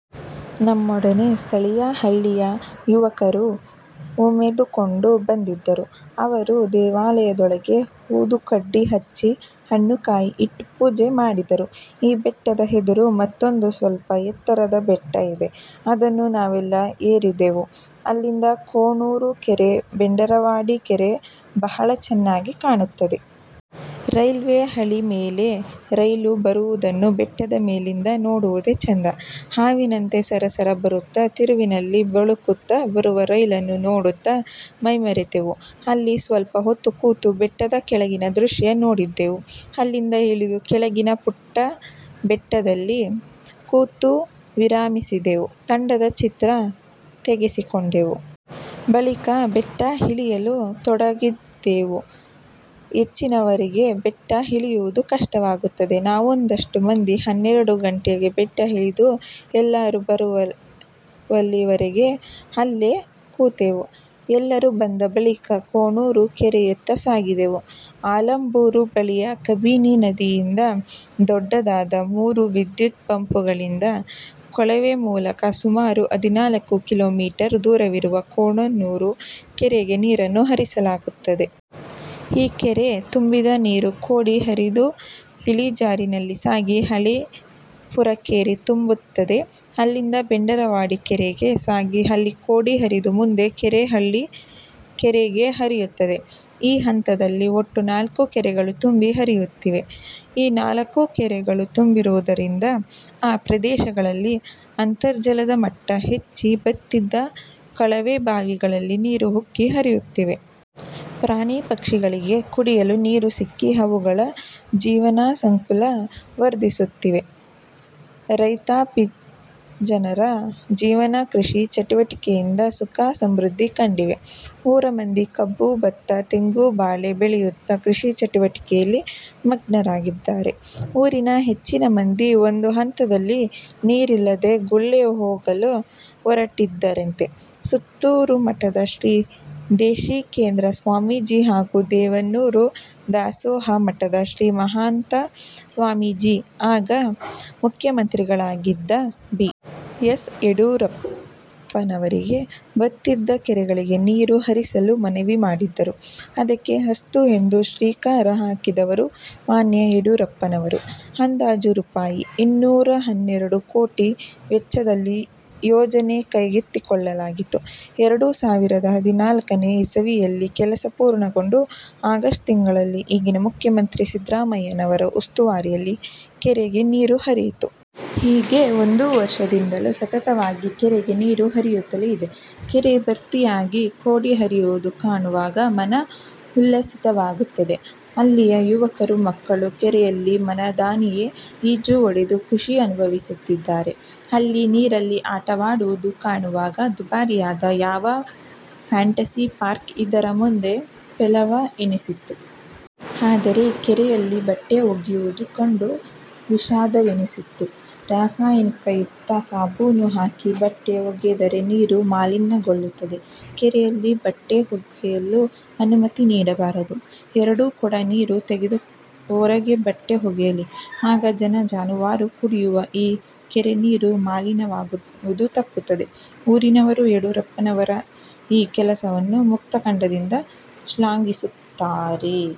ನಮ್ಮೊಡನೆ ಸ್ಥಳೀಯ ಹಳ್ಳಿಯ ಯುವಕರೂ ಉಮೇದುಗೊಂಡು ಬಂದಿದ್ದರು. ಅವರು ದೇವಾಲಯದೊಳಗೆ ಊದುಕಡ್ಡಿ ಹಚ್ಚಿ ಹಣ್ಣುಕಾಯಿ ಇಟ್ಟು ಪೂಜೆ ಮಾಡಿದರು. ಈ ಬೆಟ್ಟದ ಎದುರು ಮತ್ತೊಂದು ಸ್ವಲ್ಪ ಎತ್ತರದ ಬೆಟ್ಟ ಇದೆ. ಅದನ್ನೂ ನಾವೆಲ್ಲ ಏರಿದೆವು. ಅಲ್ಲಿಂದ ಕೋಣನೂರು ಕೆರೆ, ಬೆಂಡರವಾಡಿ ಕೆರೆ ಬಹಳ ಚೆನ್ನಾಗಿ ಕಾಣುತ್ತದೆ. ರೈಲ್ವೇ ಹಳಿಮೇಲೆ ರೈಲು ಬರುವುದನ್ನು ಬೆಟ್ಟದಮೇಲಿಂದ ನೋಡುವುದೇ ಚಂದ. ಹಾವಿನಂತೆ ಸರಸರ ಬರುತ್ತ, ತಿರುವಿನಲ್ಲಿ ಬಳುಕುತ್ತ ಬರುವ ರೈಲನ್ನು ನೋಡುತ್ತ ಮೈಮರೆತೆವು. ಅಲ್ಲಿ ಸ್ವಲ್ಪ ಹೊತ್ತು ಕೂತು ಬೆಟ್ಟದ ಕೆಳಗಿನ ದೃಶ್ಯ ನೋಡಿದೆವು. ಅಲ್ಲಿಂದ ಇಳಿದು ಕೆಳಗಿನ ಪುಟ್ಟಬೆಟ್ಟದಲ್ಲಿ ಕೂತು ವಿರಮಿಸಿದೆವು. ತಂಡದ ಚಿತ್ರ ತೆಗೆಸಿಕೊಂಡೆವು. ಬಳಿಕ ಬೆಟ್ಟ ಇಳಿಯಲು ತೊಡಗಿದೆವು. ಹೆಚ್ಚಿನವರಿಗೆ ಬೆಟ್ಟ ಇಳಿಯುವುದು ಕಷ್ಟವಾಗುತ್ತದೆ. ನಾವೊಂದಷ್ಟು ಮಂದಿ ಹನ್ನೆರಡು ಗಂಟೆಗೆ ಬೆಟ್ಟ ಇಳಿದು ಎಲ್ಲರೂ ಬರುವಲ್ಲಿವರೆಗೆ ಅಲ್ಲೇ ಕೂತೆವು. ಎಲ್ಲರೂ ಬಂದ ಬಳಿಕ ಕೋಣನೂರು ಕೆರೆಯತ್ತ ಸಾಗಿದೆವು. ಆಲಂಬೂರು ಬಳಿಯ ಕಬಿನಿ ನದಿಯಿಂದ ದೊಡ್ದದಾದ ಮೂರು ವಿದ್ಯುತ್ ಪಂಪುಗಳಿಂದ ಕೊಳವೆಮೂಲಕ ಸುಮಾರು ಹದಿನಾಲ್ಕು ಕಿಲೋಮೀಟರ್ ದೂರವಿರುವ ಕೋಣನೂರು ಕೆರೆಗೆ ನೀರನ್ನು ಹರಿಸಲಾಗುತ್ತದೆ. ಈ ಕೆರೆ ತುಂಬಿದ ನೀರು ಕೋಡಿ ಹರಿದು ಇಳಿಜಾರಿನಲ್ಲಿ ಸಾಗಿ ಹಳೇಪುರಕೆರೆ ತುಂಬುತ್ತದೆ. ಅಲ್ಲಿಂದ ಬೆಂಡರವಾಡಿಕೆರೆಗೆ ಸಾಗಿ ಅಲ್ಲಿ ಕೋಡಿ ಹರಿದು ಮುಂದೆ ಕೆರೆಹಳ್ಳಿ ಕೆರೆಗೆ ಹರಿಯುತ್ತದೆ. ಈ ಹಂತದಲ್ಲಿ ಒಟ್ಟು ನಾಲ್ಕು ಕೆರೆಗಳು ತುಂಬಿ ಹರಿಯುತ್ತಿವೆ. ಈ ನಾಲ್ಕೂಕೆರೆಗಳು ತುಂಬಿರುವುದರಿಂದ ಆ ಪ್ರದೇಶಗಳಲ್ಲಿ ಅಂತರ್ಜಲದ ಮಟ್ಟ ಹೆಚ್ಚಿ ಬತ್ತಿದ ಕೊಳವೆಬಾವಿಗಳಲ್ಲಿ ನೀರು ಉಕ್ಕಿ ಹರಿಯುತ್ತಿವೆ. ಪ್ರಾಣಿಪಕ್ಷಿಗಳಿಗೆ ಕುಡಿಯಲು ನೀರು ಸಿಕ್ಕಿ ಅವುಗಳ ಜೀವಸಂಕುಲ ವರ್ಧಿಸುತ್ತಿವೆ. ರೈತಾಪಿಜನರ ಜೀವನ ಕೃಷಿ ಚಟುವಟಿಕೆಯಿಂದ ಸುಖ ಸಮೃದ್ಧಿ ಕಂಡಿವೆ. ಊರಮಂದಿ ಕಬ್ಬು, ಭತ್ತ ತೆಂಗು ಬಾಳೆ ಬೆಳೆಯುತ್ತ ಕೃಷಿ ಚಟುವಟಿಕೆಯಲ್ಲಿ ಮಗ್ನರಾಗಿದ್ದಾರೆ. ಊರಿನ ಹೆಚ್ಚಿನಮಂದಿ ಒಂದುಹಂತದಲ್ಲಿ ನೀರಿಲ್ಲದೆ ಗುಳೆಹೋಗಲು ಹೊರಟಿದ್ದರಂತೆ. ಸುತ್ತೂರುಮಠದ ಶ್ರೀ ದೇಶಿಕೇಂದ್ರ ಸ್ವಾಮೀಜಿ, ಹಾಗೂ ದೇವನೂರು ದಾಸೋಹಮಠದ ಶ್ರೀ ಮಹಾಂತ ಸ್ವಾಮೀಜಿ ಆಗ ಮುಖ್ಯಮಂತ್ರಿಗಳಾಗಿದ್ದ ಬಿ. ಎಸ್. ಯಡಿಯೂರಪ್ಪನವರಿಗೆ ಬತ್ತಿದ ಕೆರೆಗಳಿಗೆ ನೀರು ಹರಿಸಲು ಮನವಿ ಮಾಡಿದ್ದರು. ಅದಕ್ಕೆ ಅಸ್ತು ಎಂದು ಶ್ರೀಕಾರ ಹಾಕಿದವರು ಮಾನ್ಯ ಯಡಿಯೂರಪ್ಪನವರು. ಅಂದಾಜು ರೂಪಾಯಿ. ಇನ್ನೂರ ಹನ್ನೆರಡು ಕೋಟಿ ವೆಚ್ಚದಲ್ಲಿ ಯೋಜನೆ ಕೈಗೆತ್ತಿಕೊಳ್ಳಲಾಗಿತ್ತು. ಎರಡು ಸಾವಿರದ ಹದಿನಾಲ್ಕನೇ ಇಸವಿಯಲ್ಲಿ ಕೆಲಸ ಪೂರ್ಣಗೊಂಡು ಆಗಸ್ಟ್ ತಿಂಗಳಲ್ಲಿ ಈಗಿನ ಮುಖ್ಯಮಂತ್ರಿ ಸಿದ್ದರಾಮಯ್ಯನವರ ಉಸ್ತುವಾರಿಯಲ್ಲಿ ಕೆರೆಗೆ ನೀರು ಹರಿಯಿತು. ಈಗ್ಗೆ ಒಂದು ವರ್ಷದಿಂದಲೂ ಸತತವಾಗಿ ಕೆರೆಗೆ ನೀರು ಹರಿಯುತ್ತಲೇ ಇದೆ. ಕೆರೆ ಭರ್ತಿಯಾಗಿ ಕೋಡಿ ಹರಿಯುವುದು ಕಾಣುವಾಗ ಮನ ಉಲ್ಲಸಿತವಾಗುತ್ತದೆ. ಅಲ್ಲಿಯ ಯುವಕರು ಮಕ್ಕಳು ಕೆರೆಯಲ್ಲಿ ಮನದಣಿಯೆ ಈಜು ಹೊಡೆದು ಖುಷಿ ಅನುಭವಿಸುತ್ತಿದ್ದಾರೆ. ಅಲ್ಲಿ ನೀರಲ್ಲಿ ಆಟವಾಡುವುದು ಕಾಣುವಾಗ ದುಬಾರಿಯಾದ ಯಾವ ಫಾಂಟೆಸಿ ಪಾರ್ಕ್ ಇದರ ಮುಂದೆ ಪೇಲವ ಎನಿಸಿತು. ಆದರೆ ಕೆರೆಯಲ್ಲಿ ಬಟ್ಟೆ ಒಗೆಯುವುದು ಕಂಡು ವಿಷಾದವೆನಿಸಿತು. ರಾಸಾಯನಿಯುಕ್ತ ಸಾಬೂನು ಹಾಕಿ ಬಟ್ಟೆ ಒಗೆದರೆ ನೀರು ಮಲೀನಗೊಳ್ಳುತ್ತದೆ. ಕೆರೆಯಲ್ಲಿ ಬಟ್ಟೆ ಒಗೆಯಲು ಅನುಮತಿ ನೀಡಬಾರದು. ಎರಡು ಕೊಡ ನೀರು ತೆಗೆದು ಹೊರಗೆ ಬಟ್ಟೆ ಒಗೆಯಲಿ. ಆಗ ಜನ ಜಾನುವಾರು ಕುಡಿಯುವ ಈ ಕೆರೆನೀರು ಮಲಿನವಾಗುವುದು ತಪ್ಪುತ್ತದೆ. ಊರಿನವರು ಯಡಿಯೂರಪ್ಪನವರ ಈ ಕೆಲಸವನ್ನು ಮುಕ್ತಕಂಠದಿಂದ ಶ್ಲಾಘಿಸುತ್ತಿದ್ದಾರೆ.